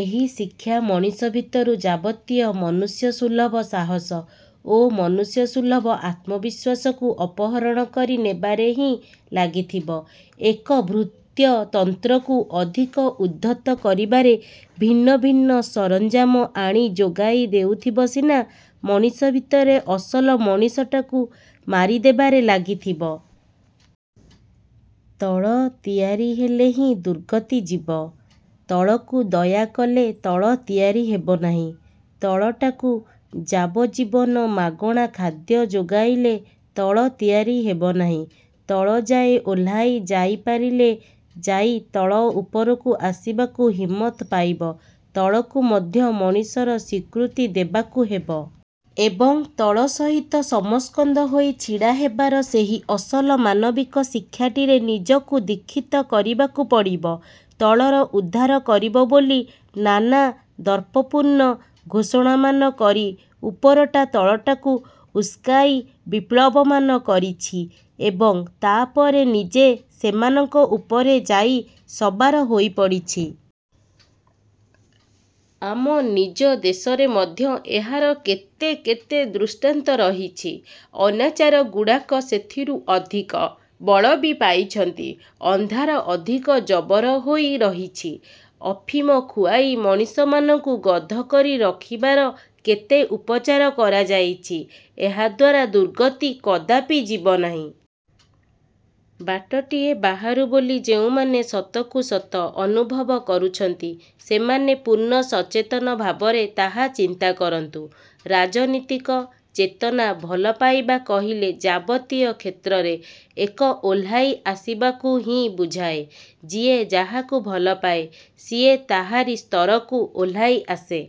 ଏହି ଶିକ୍ଷା ମଣିଷ ଭିତରୁ ଯାବତୀୟ ମନୁଷ୍ୟସୁଲଭ ସାହସ ଓ ମନୁଷ୍ୟସୁଲଭ ଆତ୍ମବିଶ୍ୱାସକୁ ଅପହରଣ କରି ନେବାରେ ହିଁ ଲାଗିଥିବ। ଏକ ଭୃତ୍ୟତନ୍ତ୍ରକୁ ଅଧିକ ଉଦ୍ଧତ କରିବାରେ ଭିନ୍ନ ଭିନ୍ନ ସରଂଜାମ ଆଣି ଯୋଗାଇ ଦେଉଥିବ ସିନା, ମଣିଷ ଭିତରେ ଅସଲ ମଣିଷଟାକୁ ମାରିଦେବାରେ ଲାଗିଥିବ। ତଳ ତିଆରି ହେଲେ ହିଁ ଦୁର୍ଗତି ଯିବ। ତଳକୁ ଦୟା କଲେ ତଳ ତିଆରି ହେବ ନାହିଁ। ତଳଟାକୁ ଯାବଜ୍ଜୀବନ ମାଗଣା ଖାଦ୍ୟ ଯୋଗାଇଲେ ତଳ ତିଆରି ହେବ ନାହିଁ। ତଳଯାଏ ଓହ୍ଲାଇ ଯାଇପାରିଲେ ଯାଇ ତଳ ଉପରକୁ ଆସିବାକୁ ହିମ୍ମତ ପାଇବ। ତଳକୁ ମଧ୍ୟ ମଣିଷର ସ୍ୱୀକୃତି ଦେବାକୁ ହେବ। ଏବଂ, ତଳ ସହିତ ସମସ୍କନ୍ଧ ହୋଇ ଛିଡ଼ା ହେବାର ସେହି ଅସଲ ମାନବିକ ଶିକ୍ଷାଟିରେ ନିଜକୁ ଦୀକ୍ଷିତ କରାଇବାକୁ ପଡ଼ିବ। ତଳର ଉଦ୍ଧାର କରିବ ବୋଲି ନାନା ଦର୍ପପୂର୍ଣ୍ଣ ଘୋଷଣାମାନ କରି ଉପରଟା ତଳଟାକୁ ଉସ୍କାଇ ବିପ୍ଳବମାନ କରିଛି ଏବଂ ତା'ପରେ ନିଜେ ସେମାନଙ୍କ ଉପରେ ଯାଇ ସବାର ହୋଇପଡ଼ିଛି। ଆମ ନିଜ ଦେଶରେ ମଧ୍ୟ ଏହାର କେତେ କେତେ ଦୃଷ୍ଟାନ୍ତ ରହିଛି। ଅନାଚାରଗୁଡ଼ାକ ସେଥିରୁ ଅଧିକ ବଳ ବି ପାଇଛନ୍ତି। ଅନ୍ଧାର ଅଧିକ ଜବର ହୋଇ ରହିଛି। ଅଫିମ ଖୁଆଇ ମଣିଷମାନଙ୍କୁ ଗଧ କରି ରଖିବାର କେତେ ଉପଚାର କରାଯାଇଛି। ଏହାଦ୍ଵାରା ଦୁର୍ଗତି କଦାପି ଯିବନାହିଁ। ବାଟଟିଏ ବାହାରୁ ବୋଲି ଯେଉଁମାନେ ସତକୁ ସତ ଅନୁଭବ କରୁଛନ୍ତି, ସେମାନେ ପୂର୍ଣ୍ଣ ସଚେତନ ଭାବରେ ତାହା ଚିନ୍ତା କରନ୍ତୁ। ରାଜନୀତିକ ଚେତନା ଭଲ ପାଇବା କହିଲେ ଯାବତୀୟ କ୍ଷେତ୍ରରେ ଏକ ଓହ୍ଲାଇ ଆସିବାକୁ ହିଁ ବୁଝାଏ। ଯିଏ ଯାହାକୁ ଭଲପାଏ, ସିଏ ତାହାରି ସ୍ତରକୁ ଓହ୍ଲାଇ ଆସେ।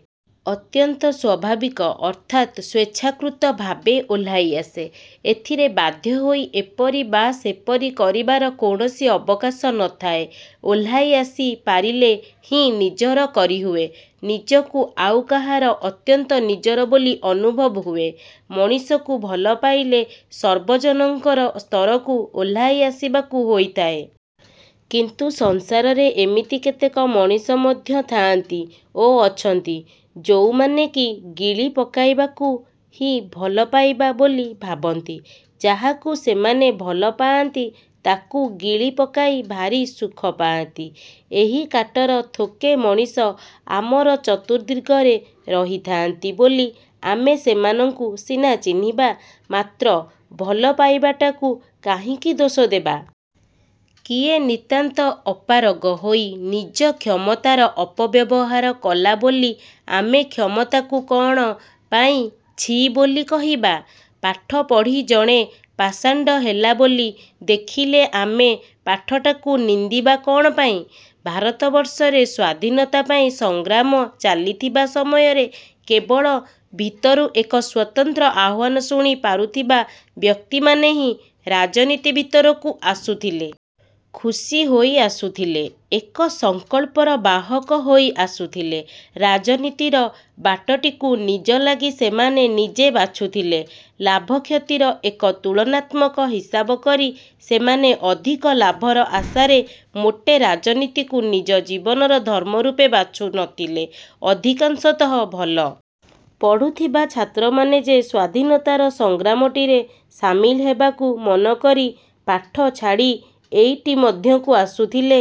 ଅତ୍ୟନ୍ତ ସ୍ଵାଭାବିକ ଅର୍ଥାତ୍ ସ୍ୱେଚ୍ଛାକୃତ ଭାବେ ଓହ୍ଲାଇ ଆସେ। ଏଥିରେ ବାଧ୍ୟ ହୋଇ ଏପରି ବା ସେପରି କରିବାର କୌଣସି ଅବକାଶ ନଥାଏ। ଓହ୍ଲାଇ ଆସି ପାରିଲେ ହିଁ ନିଜର କରିହୁଏ, ନିଜକୁ ଆଉ କାହାର ଅତ୍ୟନ୍ତ ନିଜର ବୋଲି ଅନୁଭବ ହୁଏ। ମଣିଷକୁ ଭଲ ପାଇଲେ ସର୍ବଜନଙ୍କର ସ୍ତରକୁ ଓହ୍ଲାଇ ଆସିବାକୁ ହୋଇଥାଏ। କିନ୍ତୁ ସଂସାରରେ ଏମିତି କେତେକ ମଣିଷ ମଧ୍ୟ ଥାଆନ୍ତି ଓ ଅଛନ୍ତି, ଯୋଉମାନେ କି ଗିଳି ପକାଇବାକୁ ହି ଭଲପାଇବା ବୋଲି ଭାବନ୍ତି। ଯାହାକୁ ସେମାନେ ଭଲ ପାଆନ୍ତି, ତାକୁ ଗିଳି ପକାଇ ଭାରି ସୁଖ ପାଆନ୍ତି। ଏହି କାଟର ଥୋକେ ମଣିଷ ଆମର ଚତୁର୍ଦ୍ଦିଗରେ ରହିଥାନ୍ତି ବୋଲି ଆମେ ସେମାନଙ୍କୁ ସିନା ଚିହ୍ନିବା, ମାତ୍ର ଭଲ ପାଇବାଟାକୁ କାହିଁକି ଦୋଷ ଦେବା? କିଏ ନିତାନ୍ତ ଅପାରଗ ହୋଇ ନିଜ କ୍ଷମତାର ଅପବ୍ୟବହାର କଲା ବୋଲି ଆମେ କ୍ଷମତାକୁ କ'ଣ ପାଇଁ ଛି ବୋଲି କହିବା? ପାଠ ପଢ଼ି ଜଣେ ପାଷଣ୍ଡ ହେଲା ବୋଲି ଦେଖିଲେ ଆମେ ପାଠଟାକୁ ନିନ୍ଦିବା କ'ଣ ପାଇଁ? ଭାରତବର୍ଷରେ ସ୍ୱାଧୀନତା ପାଇଁ ସଂଗ୍ରାମ ଚାଲିଥିବା ସମୟରେ କେବଳ ଭିତରୁ ଏକ ସ୍ୱତନ୍ତ୍ର ଆହ୍ୱାନ ଶୁଣି ପାରୁଥିବା ବ୍ୟକ୍ତିମାନେ ହିଁ ରାଜନୀତି ଭିତରକୁ ଆସୁଥିଲେ। ଖୁସି ହୋଇ ଆସୁଥଲେ, ଏକ ସଂକଳ୍ପର ବାହକ ହୋଇ ଆସୁଥିଲେ। ରାଜନୀତିର ବାଟଟିକୁ ନିଜ ଲାଗି ସେମାନେ ନିଜେ ବାଛୁଥିଲେ। ଲାଭକ୍ଷତିର ଏକ ତୁଳନାତ୍ମକ ହିସାବ କରି ସେମାନେ ଅଧିକ ଲାଭର ଆଶାରେ ମୋଟେ ରାଜନୀତିକୁ ନିଜ ଜୀବନର ଧର୍ମ ରୂପେ ବାଛୁନଥିଲେ। ଅଧିକାଂଶତଃ ଭଲ ପଢୁଥିବା ଛାତ୍ରମାନେ ଯେ ସ୍ୱାଧୀନତାର ସଂଗ୍ରାମଟିରେ ସାମିଲ ହେବାକୁ ମନକରି ପାଠ ଛାଡ଼ି ଏଇଟି ମଧ୍ୟକୁ ଆସୁଥଲେ,